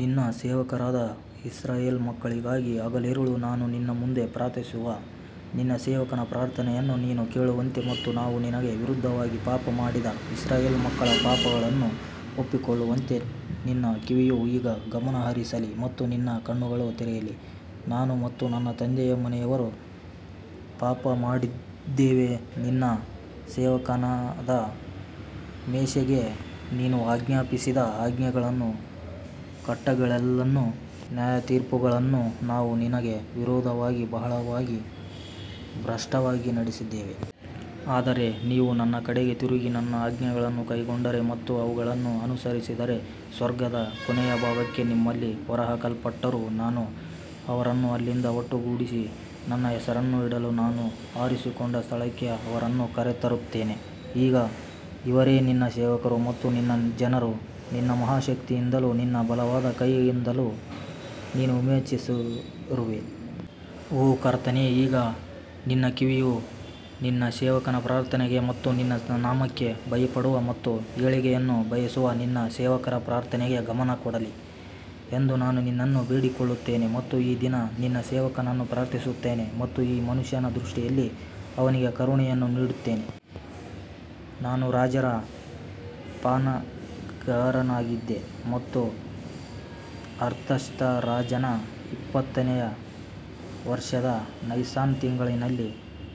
ನಿನ್ನ ಸೇವಕರಾದ ಇಸ್ರಾಯೇಲ್ ಮಕ್ಕಳಿಗಾಗಿ ಹಗಲಿರುಳು ನಾನು ನಿನ್ನ ಮುಂದೆ ಪ್ರಾರ್ಥಿಸುವ ನಿನ್ನ ಸೇವಕನ ಪ್ರಾರ್ಥನೆಯನ್ನು ನೀನು ಕೇಳುವಂತೆ ಮತ್ತು ನಾವು ನಿನಗೆ ವಿರುದ್ಧವಾಗಿ ಪಾಪ ಮಾಡಿದ ಇಸ್ರಾಯೇಲ್ ಮಕ್ಕಳ ಪಾಪಗಳನ್ನು ಒಪ್ಪಿಕೊಳ್ಳುವಂತೆ ನಿನ್ನ ಕಿವಿಯು ಈಗ ಗಮನಹರಿಸಲಿ ಮತ್ತು ನಿನ್ನ ಕಣ್ಣುಗಳು ತೆರೆಯಲಿ. ನಾನು ಮತ್ತು ನನ್ನ ತಂದೆಯ ಮನೆಯವರು ಪಾಪಮಾಡಿದ್ದೇವೆ ನಿನ್ನ ಸೇವಕನಾದ ಮೋಶೆಗೆ ನೀನು ಆಜ್ಞಾಪಿಸಿದ ಆಜ್ಞೆಗಳನ್ನೂ ಕಟ್ಟಳೆಗಳನ್ನೂ ನ್ಯಾಯತೀರ್ಪುಗಳನ್ನೂ ನಾವು ನಿನಗೆ ವಿರೋಧವಾಗಿ ಬಹಳವಾಗಿ ಭ್ರಷ್ಟವಾಗಿ ನಡೆಸಿದ್ದೇವೆ. ಆದರೆ ನೀವು ನನ್ನ ಕಡೆಗೆ ತಿರುಗಿ ನನ್ನ ಆಜ್ಞೆಗಳನ್ನು ಕೈಕೊಂಡರೆ ಮತ್ತು ಅವುಗಳನ್ನು ಅನುಸರಿಸಿದರೆ ಸ್ವರ್ಗದ ಕೊನೆಯ ಭಾಗಕ್ಕೆ ನಿಮ್ಮಲ್ಲಿ ಹೊರಹಾಕಲ್ಪಟ್ಟರೂ ನಾನು ಅವರನ್ನು ಅಲ್ಲಿಂದ ಒಟ್ಟುಗೂಡಿಸಿ ನನ್ನ ಹೆಸರನ್ನು ಇಡಲು ನಾನು ಆರಿಸಿಕೊಂಡ ಸ್ಥಳಕ್ಕೆ ಅವರನ್ನು ಕರೆತರುತ್ತೇನೆ. ಈಗ ಇವರೇ ನಿನ್ನ ಸೇವಕರು ಮತ್ತು ನಿನ್ನ ಜನರೂ ನಿನ್ನ ಮಹಾ ಶಕ್ತಿಯಿಂದಲೂ ನಿನ್ನ ಬಲವಾದ ಕೈಯಿಂದಲೂ ನೀನು ವಿಮೋಚಿಸಿರುವೆ. ಓ ಕರ್ತನೇ, ಈಗ ನಿನ್ನ ಕಿವಿಯು ನಿನ್ನ ಸೇವಕನ ಪ್ರಾರ್ಥನೆಗೆ ಮತ್ತು ನಿನ್ನ ನಾಮಕ್ಕೆ ಭಯಪಡುವ ಮತ್ತು ಏಳಿಗೆಯನ್ನು ಬಯಸುವ ನಿನ್ನ ಸೇವಕರ ಪ್ರಾರ್ಥನೆಗೆ ಗಮನ ಕೊಡಲಿ ಎಂದು ನಾನು ನಿನ್ನನ್ನು ಬೇಡಿಕೊಳ್ಳುತ್ತೇನೆ ಮತ್ತು ಈ ದಿನ ನಿನ್ನ ಸೇವಕನನ್ನು ಪ್ರಾರ್ಥಿಸುತ್ತೇನೆ ಮತ್ತು ಈ ಮನುಷ್ಯನ ದೃಷ್ಟಿಯಲ್ಲಿ ಅವನಿಗೆ ಕರುಣೆಯನ್ನು ನೀಡುತ್ತೇನೆ. ನಾನು ರಾಜರ ಪಾನಗಾರನಾಗಿದ್ದೆ ಮತ್ತು ಅರ್ತಷಸ್ತ ರಾಜನ ಇಪ್ಪತ್ತನೇ ವರ್ಷದ ನೈಸಾನ್ ತಿಂಗಳಿನಲ್ಲಿ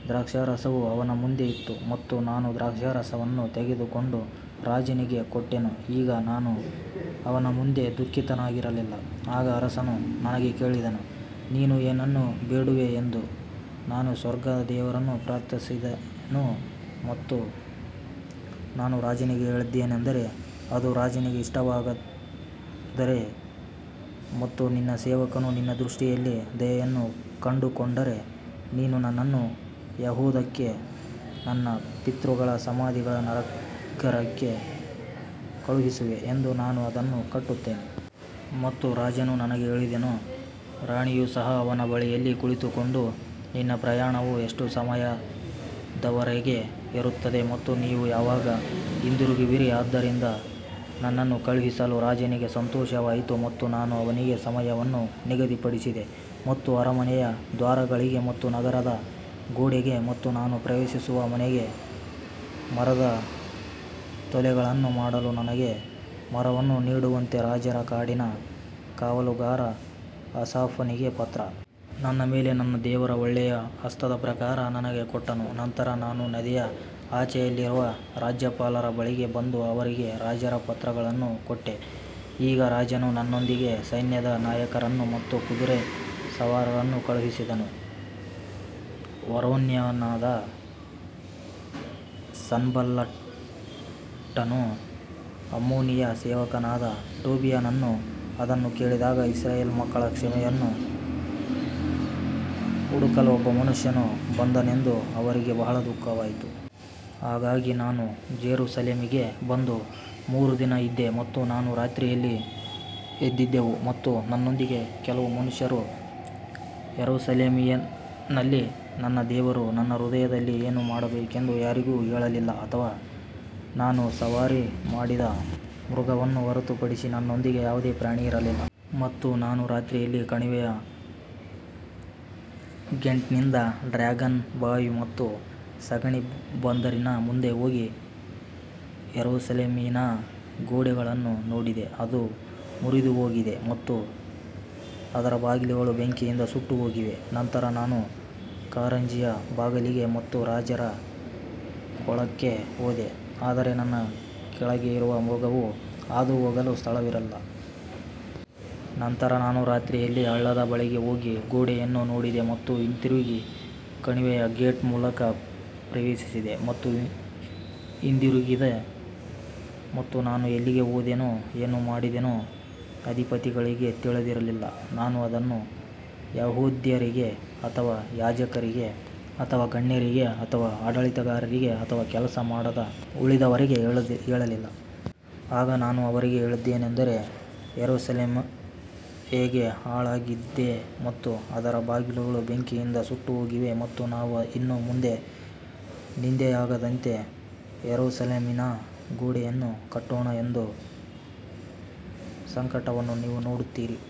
ದ್ರಾಕ್ಷಾರಸವು ಅವನ ಮುಂದೆ ಇತ್ತು ಮತ್ತು ನಾನು ದ್ರಾಕ್ಷಾರಸವನ್ನು ತೆಗೆದುಕೊಂಡು ರಾಜನಿಗೆ ಕೊಟ್ಟೆನು ಈಗ ನಾನು ಅವನ ಮುಂದೆ ದುಃಖಿತನಾಗಿರಲಿಲ್ಲ. ಆಗ ಅರಸನು ನನಗೆ ಕೇಳಿದನು, ನೀನು ಏನನ್ನು ಬೇಡುವೆ ಎಂದು ನಾನು ಸ್ವರ್ಗದ ದೇವರನ್ನು ಪ್ರಾರ್ಥಿಸಿದೆನು ಮತ್ತು ನಾನು ರಾಜನಿಗೆ ಹೇಳಿದ್ದೇನೆಂದರೆ, ಅದು ರಾಜನಿಗೆ ಇಷ್ಟವಾದರೆ ಮತ್ತು ನಿನ್ನ ಸೇವಕನು ನಿನ್ನ ದೃಷ್ಟಿಯಲ್ಲಿ ದಯೆಯನ್ನು ಕಂಡುಕೊಂಡರೆ ನೀನು ನನ್ನನ್ನು ಯೆಹೂದಕ್ಕೆ ನನ್ನ ಪಿತೃಗಳ ಸಮಾಧಿಗಳ ನಗರಕ್ಕೆ ಕಳುಹಿಸುವೆ ಎಂದು ನಾನು ಅದನ್ನು ಕಟ್ಟುತ್ತೇನೆ. ಮತ್ತು ರಾಜನು ನನಗೆ ಹೇಳಿದನು, ರಾಣಿಯು ಸಹ ಅವನ ಬಳಿಯಲ್ಲಿ ಕುಳಿತುಕೊಂಡು ನಿನ್ನ ಪ್ರಯಾಣವು ಎಷ್ಟು ಸಮಯದವರೆಗೆ ಇರುತ್ತದೆ ಮತ್ತು ನೀವು ಯಾವಾಗ ಹಿಂದಿರುಗುವಿರಿ ಆದ್ದರಿಂದ ನನ್ನನ್ನು ಕಳುಹಿಸಲು ರಾಜನಿಗೆ ಸಂತೋಷವಾಯಿತು ಮತ್ತು ನಾನು ಅವನಿಗೆ ಸಮಯವನ್ನು ನಿಗದಿಪಡಿಸಿದೆ. ಮತ್ತು ಅರಮನೆಯ ದ್ವಾರಗಳಿಗೆ ಮತ್ತು ನಗರದ ಗೋಡೆಗೆ ಮತ್ತು ನಾನು ಪ್ರವೇಶಿಸುವ ಮನೆಗೆ ಮರದ ತೊಲೆಗಳನ್ನು ಮಾಡಲು ನನಗೆ ಮರವನ್ನು ನೀಡುವಂತೆ ರಾಜರ ಕಾಡಿನ ಕಾವಲುಗಾರ ಆಸಾಫನಿಗೆ ಪತ್ರ. ನನ್ನ ಮೇಲೆ ನನ್ನ ದೇವರ ಒಳ್ಳೆಯ ಹಸ್ತದ ಪ್ರಕಾರ ನನಗೆ ಕೊಟ್ಟನು ನಂತರ ನಾನು ನದಿಯ ಆಚೆಯಲ್ಲಿರುವ ರಾಜ್ಯಪಾಲರ ಬಳಿಗೆ ಬಂದು ಅವರಿಗೆ ರಾಜರ ಪತ್ರಗಳನ್ನು ಕೊಟ್ಟೆ, ಈಗ ರಾಜನು ನನ್ನೊಂದಿಗೆ ಸೈನ್ಯದ ನಾಯಕರನ್ನು ಮತ್ತು ಕುದುರೆ ಸವಾರರನ್ನು ಕಳುಹಿಸಿದನು. ಹೋರೋನ್ಯನಾದ ಸನ್ಬಲ್ಲಟನೂ ಅಮ್ಮೋನಿಯನ ಸೇವಕನಾದ ಟೋಬೀಯನೂ ಅದನ್ನು ಕೇಳಿದಾಗ ಇಸ್ರಾಯೇಲ್ ಮಕ್ಕಳ ಕ್ಷೇಮವನ್ನು ಹುಡುಕಲು ಒಬ್ಬ ಮನುಷ್ಯನು ಬಂದನೆಂದು ಅವರಿಗೆ ಬಹಳ ದುಃಖವಾಯಿತು. ಹಾಗಾಗಿ ನಾನು ಜೆರುಸಲೇಮಿಗೆ ಬಂದು ಮೂರು ದಿನ ಇದ್ದೆ ಮತ್ತು ನಾನು ರಾತ್ರಿಯಲ್ಲಿ ಎದ್ದಿದ್ದೆವು ಮತ್ತು ನನ್ನೊಂದಿಗೆ ಕೆಲವು ಮನುಷ್ಯರು ಯೆರೂಸಲೇಮಿನಲ್ಲಿ ನನ್ನ ದೇವರು ನನ್ನ ಹೃದಯದಲ್ಲಿ ಏನು ಮಾಡಬೇಕೆಂದು ಯಾರಿಗೂ ಹೇಳಲಿಲ್ಲ ಅಥವಾ ನಾನು ಸವಾರಿ ಮಾಡಿದ ಮೃಗವನ್ನು ಹೊರತುಪಡಿಸಿ ನನ್ನೊಂದಿಗೆ ಯಾವುದೇ ಪ್ರಾಣಿ ಇರಲಿಲ್ಲ. ಮತ್ತು ನಾನು ರಾತ್ರಿಯಲ್ಲಿ ಕಣಿವೆಯ ಗೇಟ್ನಿಂದ ಡ್ರ್ಯಾಗನ್ ಬಾವಿ ಮತ್ತು ಸಗಣಿ ಬಂದರಿನ ಮುಂದೆ ಹೋಗಿ ಯೆರೂಸಲೇಮಿನ ಗೋಡೆಗಳನ್ನು ನೋಡಿದೆ, ಅದು ಮುರಿದುಹೋಗಿದೆ ಮತ್ತು ಅದರ ಬಾಗಿಲುಗಳು ಬೆಂಕಿಯಿಂದ ಸುಟ್ಟುಹೋಗಿವೆ. ನಂತರ ನಾನು ಕಾರಂಜಿಯ ಬಾಗಿಲಿಗೆ ಮತ್ತು ರಾಜರ ಕೊಳಕ್ಕೆ ಹೋದೆ ಆದರೆ ನನ್ನ ಕೆಳಗೆ ಇರುವ ಮೃಗವು ಹಾದುಹೋಗಲು ಸ್ಥಳವಿಲ್ಲ. ನಂತರ ನಾನು ರಾತ್ರಿಯಲ್ಲಿ ಹಳ್ಳದ ಬಳಿಗೆ ಹೋಗಿ ಗೋಡೆಯನ್ನು ನೋಡಿದೆ ಮತ್ತು ಹಿಂತಿರುಗಿ ಕಣಿವೆಯ ಗೇಟ್ ಮೂಲಕ ಪ್ರವೇಶಿಸಿದೆ ಮತ್ತು ಹಿಂದಿರುಗಿದೆ ಮತ್ತು ನಾನು ಎಲ್ಲಿಗೆ ಹೋದೆನೋ ಏನು ಮಾಡಿದೆನೋ ಅಧಿಪತಿಗಳಿಗೆ ತಿಳಿದಿರಲಿಲ್ಲ, ನಾನು ಅದನ್ನು ಯೆಹೂದ್ಯರಿಗೆ ಅಥವಾ ಯಾಜಕರಿಗೆ ಅಥವಾ ಗಣ್ಯರಿಗೆ ಅಥವಾ ಆಡಳಿತಗಾರರಿಗೆ ಅಥವಾ ಕೆಲಸ ಮಾಡಿದ ಉಳಿದವರಿಗೆ ಹೇಳಲಿಲ್ಲ. ಆಗ ನಾನು ಅವರಿಗೆ ಹೇಳಿದ್ದೇನೆಂದರೆ, ಯೆರೂಸಲೇಮ್ ಹೇಗೆ ಹಾಳಾಗಿದೆ ಮತ್ತು ಅದರ ಬಾಗಿಲುಗಳು ಬೆಂಕಿಯಿಂದ ಸುಟ್ಟುಹೋಗಿವೆ ಮತ್ತು ನಾವು ಇನ್ನು ಮುಂದೆ ನಿಂದೆಯಾಗದಂತೆ ಯೆರೂಸಲೇಮಿನ ಗೋಡೆಯನ್ನು ಕಟ್ಟೋಣ ಎಂಬ ಸಂಕಟವನ್ನು ನೀವು ನೋಡುತ್ತೀರಿ.